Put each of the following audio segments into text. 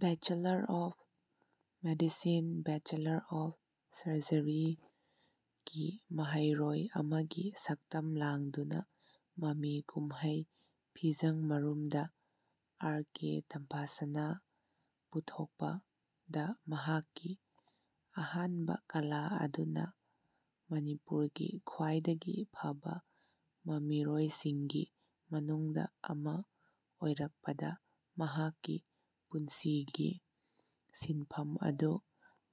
Bachelor of medicine, bachelor of surgery ꯀꯤ ꯃꯍꯩꯔꯣꯏ ꯑꯃꯒꯤ ꯁꯛꯇꯝ ꯂꯥꯡꯗꯨꯅ ꯃꯃꯤ ꯀꯨꯝꯍꯩ 'ꯐꯤꯖꯡ ꯃꯔꯨꯝꯗꯥ' (ꯑꯥꯔ. ꯀꯦ. ꯇꯝꯐꯥꯁꯅꯥ ꯄꯨꯊꯣꯛꯄ)ꯗ ꯃꯍꯥꯛꯀꯤ ꯑꯍꯥꯟꯕ ꯀꯂꯥ ꯑꯗꯨꯅ ꯃꯅꯤꯄꯨꯔꯒꯤ ꯈ꯭ꯋꯥꯏꯗꯒꯤ ꯐꯕ ꯃꯃꯤꯔꯣꯏꯁꯤꯡꯒꯤ ꯃꯅꯨꯡꯗ ꯑꯃ ꯑꯣꯏꯔꯛꯄꯗ ꯃꯍꯥꯛꯀꯤ ꯄꯨꯟꯁꯤꯒꯤ ꯁꯤꯟꯐꯝ ꯑꯗꯨ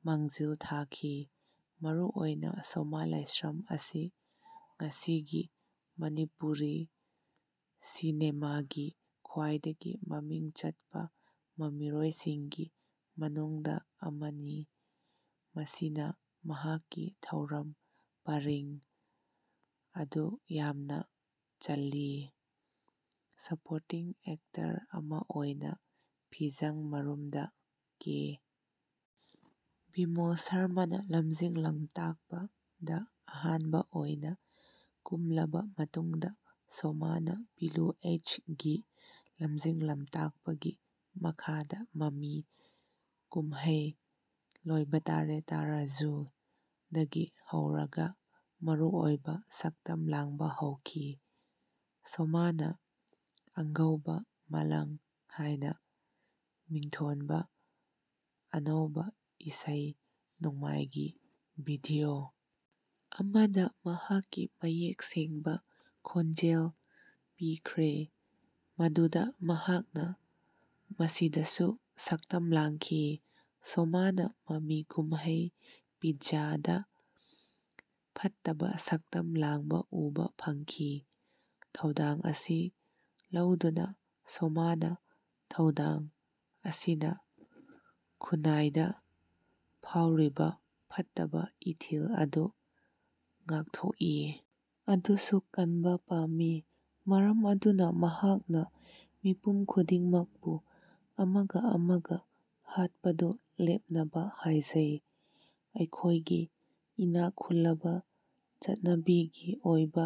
ꯃꯥꯡꯖꯤꯜ ꯊꯥꯈꯤ꯫ ꯃꯔꯨꯑꯣꯏꯅ ꯁꯣꯃꯥ ꯂꯥꯏꯁ꯭ꯔꯝ ꯑꯁꯤ ꯉꯁꯤꯒꯤ ꯃꯅꯤꯄꯨꯔꯤ ꯁꯤꯅꯦꯃꯥꯒꯤ ꯈ꯭ꯋꯥꯏꯗꯒꯤ ꯃꯃꯤꯡ ꯆꯠꯄ ꯃꯃꯤꯔꯣꯏꯁꯤꯡꯒꯤ ꯃꯅꯨꯡꯗ ꯑꯃꯅꯤ ꯃꯁꯤꯅ ꯃꯍꯥꯛꯀꯤ ꯊꯧꯔꯝ ꯄꯔꯤꯡ ꯑꯗꯨ ꯌꯥꯝꯅ ꯆꯜꯂꯤ꯫ ꯁꯄꯣꯔꯇꯤꯡ ꯑꯦꯛꯇꯔ ꯑꯃ ꯑꯣꯏꯅ 'ꯐꯤꯖꯥꯡ ꯃꯔꯨꯝꯗꯥ' (ꯀꯦ. ꯕꯤꯃꯣꯜ ꯁꯔꯃꯥꯅ ꯂꯝꯖꯤꯡ-ꯂꯝꯇꯥꯛꯄ)ꯗ ꯑꯍꯥꯟꯕ ꯑꯣꯏꯅ ꯀꯨꯝꯂꯕ ꯃꯇꯨꯡꯗ ꯁꯣꯃꯥꯅ ꯄꯤꯂꯨ ꯑꯦꯆ. ꯒꯤ ꯂꯝꯖꯤꯡ-ꯂꯝꯇꯥꯛꯄꯒꯤ ꯃꯈꯥꯗ ꯃꯃꯤ ꯀꯨꯝꯍꯩ 'ꯂꯣꯏꯕꯥ ꯇꯥꯔꯦ ꯇꯥ ꯔꯥꯖꯨ' ꯗꯒꯤ ꯍꯧꯔꯒ ꯃꯔꯨꯑꯣꯏꯕ ꯁꯛꯇꯝ ꯂꯥꯡꯕ ꯍꯧꯈꯤ꯫ ꯁꯣꯃꯥꯅ 'ꯑꯪꯒꯧꯕꯥ ꯃꯥꯂꯡ' ꯍꯥꯏꯅ ꯃꯤꯡꯊꯣꯟꯕ ꯑꯅꯧꯕ ꯏꯁꯩ-ꯅꯣꯡꯃꯥꯏꯒꯤ ꯚꯤꯗꯤꯑꯣ ꯑꯃꯗ ꯃꯍꯥꯛꯀꯤ ꯃꯌꯦꯛ ꯁꯦꯡꯕ ꯈꯣꯟꯖꯦꯜ ꯄꯤꯈ꯭ꯔꯦ ꯃꯗꯨꯗ ꯃꯍꯥꯛꯅ ꯃꯁꯤꯗꯁꯨ ꯁꯛꯇꯝ ꯂꯥꯡꯈꯤ꯫ ꯁꯣꯃꯥꯅ ꯃꯃꯤ ꯀꯨꯝꯍꯩ 'ꯄꯤꯠꯖꯥ' ꯗ ꯐꯠꯇꯕ ꯁꯛꯇꯝ ꯂꯥꯡꯕ ꯎꯕ ꯐꯪꯈꯤ꯫ ꯊꯧꯗꯥꯡ ꯑꯁꯤ ꯂꯧꯗꯨꯅ ꯁꯣꯃꯥꯅ ꯊꯧꯗꯥꯡ ꯑꯁꯤꯅ ꯈꯨꯟꯅꯥꯏꯗ ꯐꯥꯎꯔꯤꯕ ꯐꯠꯇꯕ ꯏꯊꯤꯜ ꯑꯗꯨ ꯉꯥꯛꯊꯣꯛꯏ ꯑꯗꯨꯁꯨ ꯀꯟꯕ ꯄꯥꯝꯃꯤ꯫ ꯃꯔꯝ ꯑꯗꯨꯅ ꯃꯍꯥꯛꯅ ꯃꯤꯄꯨꯝ ꯈꯨꯗꯤꯡꯃꯛꯄꯨ ꯑꯃꯒ ꯑꯃꯒ ꯍꯥꯠꯄꯗꯨ ꯂꯦꯞꯅꯕ ꯍꯥꯏꯖꯩ꯫ ꯑꯩꯈꯣꯏꯒꯤ ꯏꯅꯥꯛ ꯈꯨꯜꯂꯕ ꯆꯠꯅꯕꯤꯒꯤ ꯑꯣꯏꯕ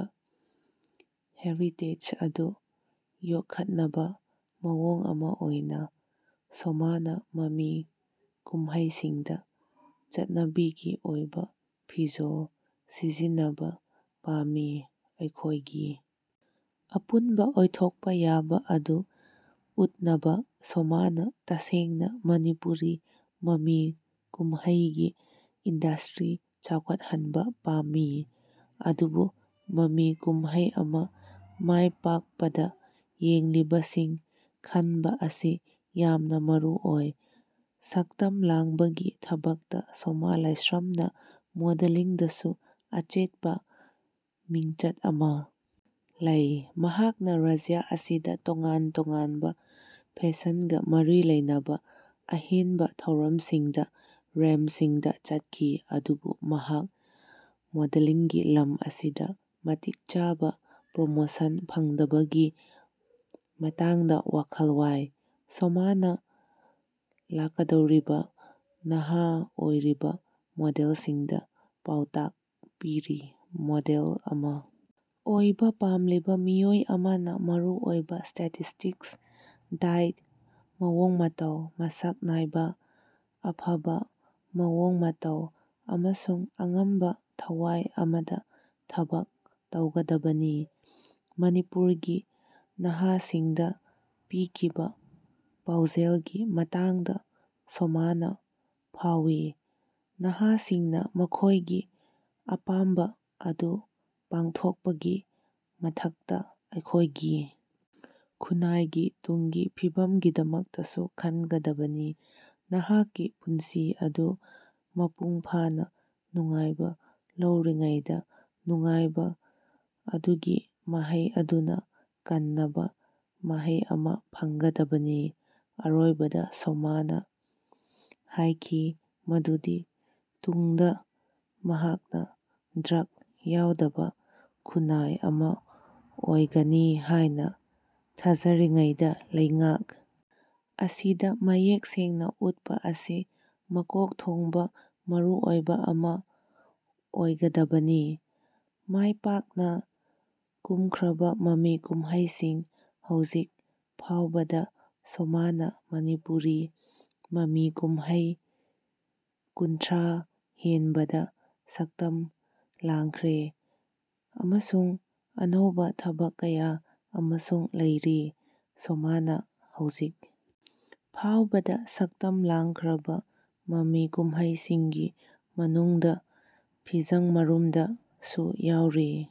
ꯍꯦꯔꯤꯇꯦꯖ ꯑꯗꯨ ꯌꯣꯛꯈꯠꯅꯕ ꯃꯑꯣꯡ ꯑꯃ ꯑꯣꯏꯅ ꯁꯣꯃꯥꯅ ꯃꯃꯤ ꯀꯨꯝꯍꯩꯁꯤꯡꯗ ꯆꯠꯅꯕꯤꯒꯤ ꯑꯣꯏꯕ ꯐꯤꯖꯣꯜ ꯁꯤꯖꯤꯟꯅꯕ ꯄꯥꯝꯃꯤ꯫ ꯑꯩꯈꯣꯏꯒꯤ ꯑꯄꯨꯟꯕ ꯑꯣꯏꯊꯣꯛꯄ ꯌꯥꯕ ꯑꯗꯨ ꯎꯠꯅꯕ ꯁꯣꯃꯥꯅ ꯇꯁꯦꯡꯅ ꯃꯅꯤꯄꯨꯔꯤ ꯃꯃꯤ ꯀꯨꯝꯍꯩꯒꯤ ꯏꯟꯗꯁꯇ꯭ꯔꯤ ꯆꯥꯎꯈꯠꯍꯟꯕ ꯄꯥꯝꯃꯤ꯫ ꯑꯗꯨꯕꯨ ꯃꯃꯤ ꯀꯨꯝꯍꯩ ꯑꯃ ꯃꯥꯏ ꯄꯥꯛꯄꯗ ꯌꯦꯡꯂꯤꯕꯁꯤꯡ ꯈꯟꯕ ꯑꯁꯤ ꯌꯥꯝꯅ ꯃꯔꯨꯑꯣꯏ꯫ ꯁꯛꯇꯝ ꯂꯥꯡꯕꯒꯤ ꯊꯕꯛꯇ ꯁꯣꯃꯥ ꯂꯥꯏꯁ꯭ꯔꯝꯅ ꯃꯣꯗꯦꯂꯤꯡꯗꯁꯨ ꯑꯆꯦꯠꯄ ꯃꯤꯡꯆꯠ ꯑꯃ ꯂꯩ꯫ ꯃꯍꯥꯛꯅ ꯔꯥꯖ꯭ꯌ ꯑꯁꯤꯗ ꯇꯣꯉꯥꯟ-ꯇꯣꯉꯥꯟꯕ ꯐꯦꯁꯟꯒ ꯃꯔꯤ ꯂꯩꯅꯕ ꯑꯍꯦꯟꯕ ꯊꯧꯔꯝꯁꯤꯡꯗ ꯔꯦꯝꯞꯁꯤꯡꯗ ꯆꯠꯈꯤ꯫ ꯑꯗꯨꯕꯨ ꯃꯍꯥꯛ ꯃꯣꯗꯦꯂꯤꯡꯒꯤ ꯂꯝ ꯑꯁꯤꯗ ꯃꯇꯤꯛ ꯆꯥꯕ ꯄ꯭ꯔꯣꯃꯣꯁꯟ ꯐꯪꯗꯕꯒꯤ ꯃꯇꯥꯡꯗ ꯋꯥꯈꯜ ꯋꯥꯏ꯫ ꯁꯣꯃꯥꯅ ꯂꯥꯛꯀꯗꯧꯔꯤꯕ ꯅꯍꯥ ꯑꯣꯏꯔꯤꯕ ꯃꯣꯗꯦꯜꯁꯤꯡꯗ ꯄꯥꯎꯇꯥꯛ ꯄꯤꯔꯤ 'ꯃꯣꯗꯦꯜ ꯑꯃ ꯑꯣꯏꯕ ꯄꯥꯝꯂꯤꯕ ꯃꯤꯑꯣꯏ ꯑꯃꯅ ꯃꯔꯨꯑꯣꯏꯕ ꯁ꯭ꯇꯦꯇꯤꯁꯇꯤꯛꯁ, ꯗꯥꯏꯠ, ꯃꯑꯣꯡ-ꯃꯇꯧ, ꯃꯁꯛ ꯅꯥꯏꯕ, ꯑꯐꯕ ꯃꯑꯣꯡ ꯃꯇꯧ ꯑꯃꯁꯨꯡ ꯑꯉꯝꯕ ꯊꯋꯥꯏ ꯑꯃꯗ ꯊꯕꯛ ꯇꯧꯒꯗꯕꯅꯤ'꯫ ꯃꯅꯤꯄꯨꯔꯒꯤ ꯅꯍꯥꯁꯤꯡꯗ ꯄꯤꯈꯤꯕ ꯄꯥꯎꯖꯦꯜꯒꯤ ꯃꯇꯥꯡꯗ ꯁꯣꯃꯥꯅ ꯐꯥꯎꯋꯤ "ꯅꯍꯥꯁꯤꯡꯅ ꯃꯈꯣꯏꯒꯤ ꯑꯄꯥꯝꯕ ꯑꯗꯨ ꯄꯥꯡꯊꯣꯛꯄꯒꯤ ꯃꯊꯛꯇ, ꯑꯩꯈꯣꯏꯒꯤ ꯈꯨꯟꯅꯥꯏꯒꯤ ꯇꯨꯡꯒꯤ ꯐꯤꯕꯝꯒꯤꯗꯃꯛꯇꯁꯨ ꯈꯟꯒꯗꯕꯅꯤ ꯅꯍꯥꯛꯀꯤ ꯄꯨꯟꯁꯤ ꯑꯗꯨ ꯃꯄꯨꯡ ꯐꯥꯅ ꯅꯨꯡꯉꯥꯏꯕ ꯂꯧꯔꯤꯉꯩꯗ, ꯅꯨꯡꯉꯥꯏꯕ ꯑꯗꯨꯒꯤ ꯃꯍꯩ ꯑꯗꯨꯅ ꯀꯥꯟꯅꯕ ꯃꯍꯩ ꯑꯃ ꯐꯪꯒꯗꯕꯅꯤ"꯫ ꯑꯔꯣꯏꯕꯗ ꯁꯣꯃꯥꯅ ꯍꯥꯏꯈꯤ ꯃꯗꯨꯗꯤ ꯇꯨꯡꯗ ꯃꯍꯥꯛꯅ ꯗ꯭ꯔꯒ ꯌꯥꯎꯗꯕ ꯈꯨꯟꯅꯥꯏ ꯑꯃ ꯑꯣꯏꯒꯅꯤ ꯍꯥꯏꯅ ꯊꯥꯖꯔꯤꯉꯩꯗ ꯂꯩꯉꯥꯛ ꯑꯁꯤꯗ ꯃꯌꯦꯛ ꯁꯦꯡꯅ ꯎꯠꯄ ꯑꯁꯤ ꯃꯀꯣꯛ ꯊꯣꯡꯕ ꯃꯔꯨꯑꯣꯏꯕ ꯑꯃ ꯑꯣꯏꯒꯗꯕꯅꯤ꯫ ꯃꯥꯏ ꯄꯥꯛꯅ ꯀꯨꯝꯈ꯭ꯔꯕ ꯃꯃꯤ ꯀꯨꯝꯍꯩꯁꯤꯡ ꯍꯧꯖꯤꯛ ꯐꯥꯎꯕꯗ ꯁꯣꯃꯥꯅ ꯃꯅꯤꯄꯨꯔꯤ ꯃꯃꯤ ꯀꯨꯝꯍꯩ ꯀꯨꯟꯊ꯭ꯔꯥ ꯍꯦꯟꯕꯗ ꯁꯛꯇꯝ ꯂꯥꯡꯈ꯭ꯔꯦ ꯑꯃꯁꯨꯡ ꯑꯅꯧꯕ ꯊꯕꯛ ꯀꯌꯥ ꯑꯃꯁꯨꯡ ꯂꯩꯔꯤ꯫ ꯁꯣꯃꯥꯅ ꯍꯧꯖꯤꯛ ꯐꯥꯎꯕꯗ ꯁꯛꯇꯝ ꯂꯥꯡꯈ꯭ꯔꯕ ꯃꯃꯤ ꯀꯨꯝꯍꯩꯁꯤꯡꯒꯤ ꯃꯅꯨꯡꯗ "ꯐꯤꯖꯡ ꯃꯔꯨꯝꯗ" ꯁꯨ ꯌꯥꯎꯔꯤ꯫